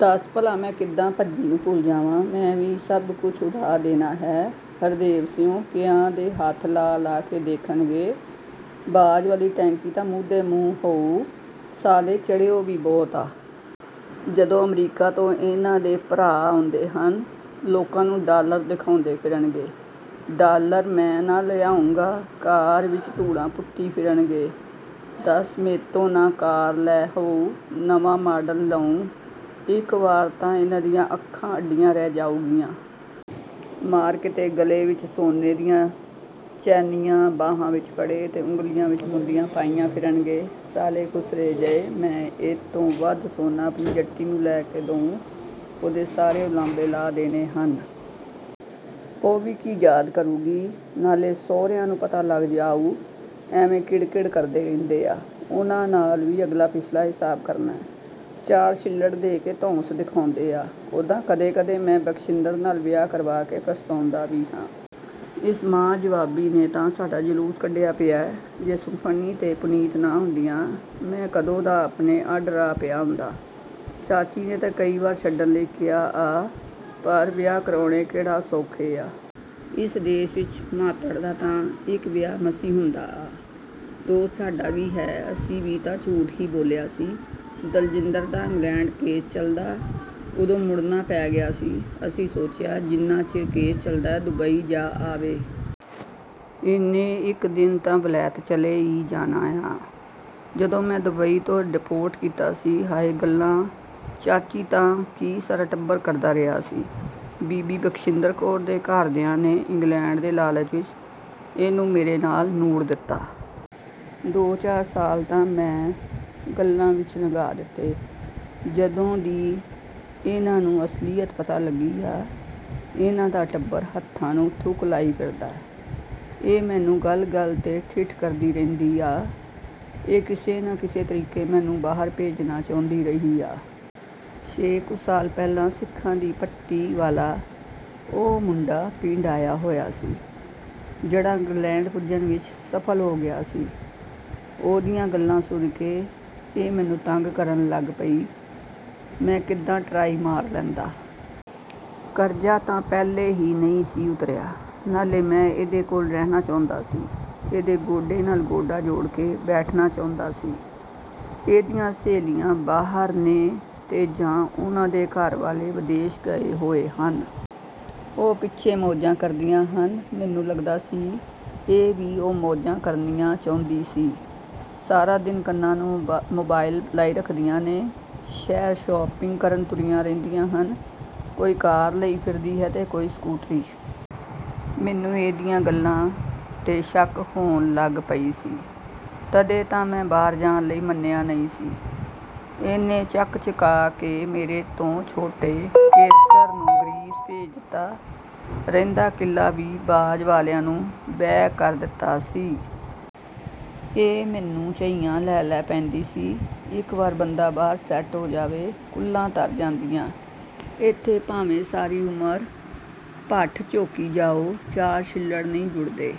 ਦੱਸ ਭਲਾ ਮੈਂ ਕਿੱਦਾਂ ਭੱਜੀ ਨੂੰ ਭੁੱਲ ਜਾਵਾਂ। ਮੈਂ ਵੀ ਸੱਭ ਕੁੱਸ਼ ਉਡਾ ਦੇਣਾ ਹੈ। ਹਰਦੇਵ ਸੁੰਹ ਕਿਆਂ ਦੇ ਹੱਥ ਲਾ-ਲਾ ਕੇ ਦੇਖਣਗੇ। ਬਾਜ਼ ਵਾਲੀ ਟੈਂਕੀ ਤਾਂ ਮੂਧੇ ਮੂੰਹ ਹਊ। ਸਾਲੇ ਚੜਿਓ ਵੀ ਬਹੁਤ ਆ। ਜਦੋਂ ਅਮਰੀਕਾ ਤੋਂ ਇਨ੍ਹਾਂ ਦੇ ਭਰਾ ਆਉਂਦੇ ਹਨ। ਲੋਕਾਂ ਨੂੰ ਡਾਲਰ ਦਿਖੌਂਦੇ ਫ਼ਿਰਨਗੇ। ਡਾਲਰ ਮੈਂ ਨਾ ਲਿਆਉਂਗਾ? ਕਾਰ ਵਿੱਚ ਧੂੜਾਂ ਪੁੱਟੀ ਫਿਰਨਗੇ। ਦੱਸ ਮੈਤੋਂ ਨਾ ਕਾਰ ਲੈ ਹਊ। ਨਵਾਂ ਮਾਡਲ ਲਊਂ। ਇੱਕ ਵਾਰ ਤਾਂ ਇਨ੍ਹਾਂ ਦੀਆਂ ਅੱਖਾਂ ਅੱਡੀਆਂ ਰਹਿ ਜਾਊਗੀਆਂ। ਮਾਰ੍ਹ ਕਿਤੇ ਗਲੇ ਵਿੱਚ ਸੋਨੇ ਦੀਆਂ ਚੈਨੀਆਂ, ਬਾਹਾਂ ਵਿੱਚ ਕੜੇ ਤੇ ਉਂਗਲੀਆਂ ਵਿੱਚ ਮੁੰਦੀਆਂ ਪਾਈ ਫਿਰਨਗੇ। ਸਾਲੇ ਖੁਸਰੇ ਜਿਹੇ।… ਮੈਂ ਇਹਤੋਂ ਵੱਧ ਸੋਨਾ ਆਪਣੀ ਜੱਟੀ ਨੂੰ ਲੈ ਕੇ ਦਊਂ। ਉਹਦੇ ਸਾਰੇ ਉਲਾਂਭੇ ਲਾਹ ਦੇਣੇ ਹਨ। ਉਹ ਵੀ ਕੀ ਯਾਦ ਕਰੂੰਗੀ। ਨਾਲੇ ਸਹੁਰਿਆਂ ਨੂੰ ਪਤਾ ਲੱਗ ਜਾਊ। ਐਵੇਂ ਕਿੜ-ਕਿੜ ਕਰਦੇ ਰਹਿੰਦੇ ਆ। ਉਨ੍ਹਾਂ ਨਾਲ ਵੀ ਅਗਲਾ ਪਿਛਲਾ ਹਿਸਾਬ ਕਰਨਾ। ਚਾਰ ਛਿੱਲੜ ਦੇ ਕੇ ਧੌਂਸ ਦਿਖੌਂਦੇ ਆ। ਉੱਦਾਂ ਕਦੇ-ਕਦੇ ਮੈਂ ਬਖਸ਼ਿੰਦਰ ਨਾਲ ਵਿਆਹ ਕਰਵਾ ਕੇ ਪਛਤੋਂਦਾ ਵੀ ਹਾਂ। ਇਸ ਮਾਂ ਜਾਆਬ੍ਹੀ ਨੇੇ ਸਾਡਾ ਜਲੂਸ ਕੱਢਿਆ ਪਿਆ। ਜੇ ਸੁਖਮਣੀ ਤੇ ਪੁਨੀਤ ਨਾ ਹੁੰਦੀਆਂ। ਮੈਂ ਕਦੋਂ ਦਾ ਆਪਣੇ ਅੱਡ ਰਾਹ ਪਿਆ ਹੁੰਦਾ। ਚਾਚੀ ਨੇ ਤਾਂ ਕਈ ਵਾਰ ਛੱਡਣ ਲਈ ਕਿਹਾ ਆ। ਪਰ ਵਿਆਹ ਕਰਾਉੇਣੇ ਕਿਹੜਾ ਸੌਖੇ ਆ। ਇਸ ਦੇਸ਼ ਵਿੱਚ ਮਾਤ੍ਹੜ ਦਾ ਤਾਂ ਇੱਕ ਵਿਆਹ ਮਸੀਂ ਹੁੰਦਾ ਆ। ਦੋਸ਼ ਸਾਡਾ ਵੀ ਹੈ। ਅਸੀਂ ਵੀ ਤਾਂ ਝੂਠ ਈ ਬੋਲਿਆ ਸੀ। "ਦਲਜਿੰਦਰ ਦਾ ਇੰਗਲੈਂਡ ਕੇਸ ਚਲਦਾ। ਉਦੋਂ ਮੁੜਨਾ ਪੈ ਗਿਆ ਸੀ। ਅਸੀਂ ਸੋਚਿਆ, ਜਿੰਨਾ ਚਿਰ ਕੇਸ ਚਲਦਾ ਦੁਬਈ ਜਾ ਆਵੇ। ਇਹਨੇ ਇੱਕ ਦਿਨ ਤਾਂ ਵਲੈਤ ਚਲੇ ਈ ਜਾਣਾ ਆ। " ਜਦੋਂ ਮੈਨੂੰ ਦੁਬਈ ਤੋਂ ਡਿਪੋਰਟ ਕੀਤਾ ਸੀ। ਹਾਅ ਗੱਲਾਂ ਚਾਚੀ ਤਾਂ ਕੀ ਸਾਰਾ ਟੱਬਰ ਕਰਦਾ ਰਿਹਾ ਸੀ। ਬੀਬੀ ਬਖਸ਼ਿੰਦਰ ਕੌਰ ਦੇ ਘਰ ਦਿਆਂ ਨੇ ਇੰਗਲੈਂਡ ਦੇ ਲਾਲਚ ਵਿਚ ਇਹਨੂੰ ਮੇਰੇ ਨਾਲ ਨੂੜ ਦਿੱਤਾ। ਦੋ-ਚਾਰ ਸਾਲ ਤਾਂ ਮੈਂ ਗੱਲਾਂ ਵਿੱਚ ਲੰਘਾ ਦਿੱਤੇ। ਜਦੋਂ ਦੀ ਇਨ੍ਹਾਂ ਨੂੰ ਅਸਲੀਅਤ ਪਤਾ ਲੱਗੀ ਆ। ਇਨ੍ਹਾਂ ਦਾ ਟੱਬਰ ਹੱਥਾਂ ਨੂੰ ਥੁੱਕ ਲਾਈ ਫਿਰਦਾ। ਇਹ ਮੈਨੂੰ ਗੱਲ-ਗੱਲ 'ਤੇ ਠਿੱਠ ਕਰਦੀ ਰਹਿੰਦੀ ਆ। ਇਹ ਕਿਸੇ ਨਾ ਕਿਸੇ ਤਰੀਕੇ ਮੈਨੂੰ ਬਾਹਰ ਭੇਜਣਾ ਚਾਹੁੰਦੀ ਰਹੀ ਆ। ਛੇ ਕੁ ਸਾਲ ਪਹਿਲਾਂ ਸਿੱਖਾਂ ਦੀ ਪੱਟੀ ਵਾਲਾ ਉਹ ਮੁੰਡਾ ਪਿੰਡ ਆਇਆ ਹੋਇਆ ਸੀ, ਜਿਹੜਾ ਇੰਗਲੈਂਡ ਪੁੱਜਣ ਵਿੱਚ ਸਫ਼ਲ ਹੋ ਗਿਆ ਸੀ। ਉਹਦੀਆਂ ਗੱਲਾਂ ਸੁਣ ਕੇ, ਇਹ ਮੈਨੂੰ ਤੰਗ ਕਰਨ ਲੱਗ ਪਈ। ਮੈਂ ਕਿੱਦਾਂ ਟਰਾਈ ਮਾਰ ਲੈਂਦਾ? ਕਰਜ਼ਾ ਤਾਂ ਪਹਿਲਾਂ ਹੀ ਨਈਂ ਸੀ ਉਤਰਿਆ। ਨਾਲੇ ਮੈਂ ਇਹਦੇ ਕੋਲ ਰਹਿਣਾ ਚਾਹੁੰਦਾ ਸੀ। ਇਹਦੇ ਗੋਡੇ ਨਾਲ ਗੋਡਾ ਜੋੜ ਕੇ ਬੈਠਣਾ ਚਾਹੁੰਦਾ ਸੀ। ਇਹਦੀਆਂ ਸਹੇਲੀਆਂ ਬਾਹਰ ਨੇ ਤੇ ਜਾਂ ਉਨ੍ਹਾਂ ਦੇ ਘਰ ਵਾਲੇ ਵਿਦੇਸ਼ ਗਏ ਹੋਏ ਹਨ। ਉਹ ਪਿੱਛੇ ਮੌਜਾਂ ਕਰਦੀਆਂ ਹਨ। ਮੈਨੂੰ ਲੱਗਦਾ ਸੀ ਇਹ ਵੀ 'ਉਹ' ਮੌਜਾਂ ਕਰਨੀਆਂ ਚਾਹੁੰਦੀ ਸੀ। ਸਾਰਾ ਦਿਨ ਕੰਨਾਂ ਨੂੰ ਮੋਬਾਇਲ ਲਾਈ ਰੱਖਦੀਆਂ ਨੇ। ਸ਼ਹਿਰ ਸ਼ਾਪਿੰਗ ਕਰਨ ਤੁਰੀਆਂ ਰਹਿੰਦੀਆਂ ਹਨ। ਕੋਈ ਕਾਰ ਲਈ ਫਿਰਦੀ ਹੈ ਤੇ ਕੋਈ ਸਕੂਟਰੀ। ਮੈਨੂੰ ਇਹਦੀਆਂ ਗੱਲਾਂ 'ਤੇ ਸ਼ੱਕ ਹੋਣ ਲੱਗ ਪਈ ਸੀ। ਤਦੇ ਤਾਂ ਮੈਂ ਬਾਹਰ ਜਾਣ ਲਈ ਮੰਨਿਆ ਨਈਂ ਸੀ। ਇਹਨੇ ਚੱਕ ਚੁਕਾ ਕੇ ਮੇਰੇ ਤੋਂ ਛੋਟੇ ਕੇਸਰ ਨੂੰ ਗਰੀਸ ਭੇਜ ਦਿੱਤਾ। ਰਹਿੰਦਾ ਕਿੱਲਾ ਵੀ ਬਾਜ਼ ਵਾਲਿਆਂ ਨੂੰ ਬੈਅ ਕਰ ਦਿੱਤਾ ਸੀ। ਇਹ ਮੈਨੂੰ ਝਈਆਂ ਲੈ-ਲੈ ਪੈਂਦੀ ਸੀ। "ਇੱਕ ਵਾਰ ਬੰਦਾ ਬਾਹਰ ਸੈੱਟ ਹੋ ਜਾਵੇ। ਕੁੱਲਾਂ ਤਰ ਜਾਂਦੀਆਂ। ਇੱਥੇ ਭਾਵੇਂ ਸਾਰੀ ਉਮਰ ਭੱਠ ਝੋਕੀ ਜਾਓ, ਚਾਰ ਛਿੱਲੜ੍ਹ ਨਈਂ ਜੁੜਦੇ।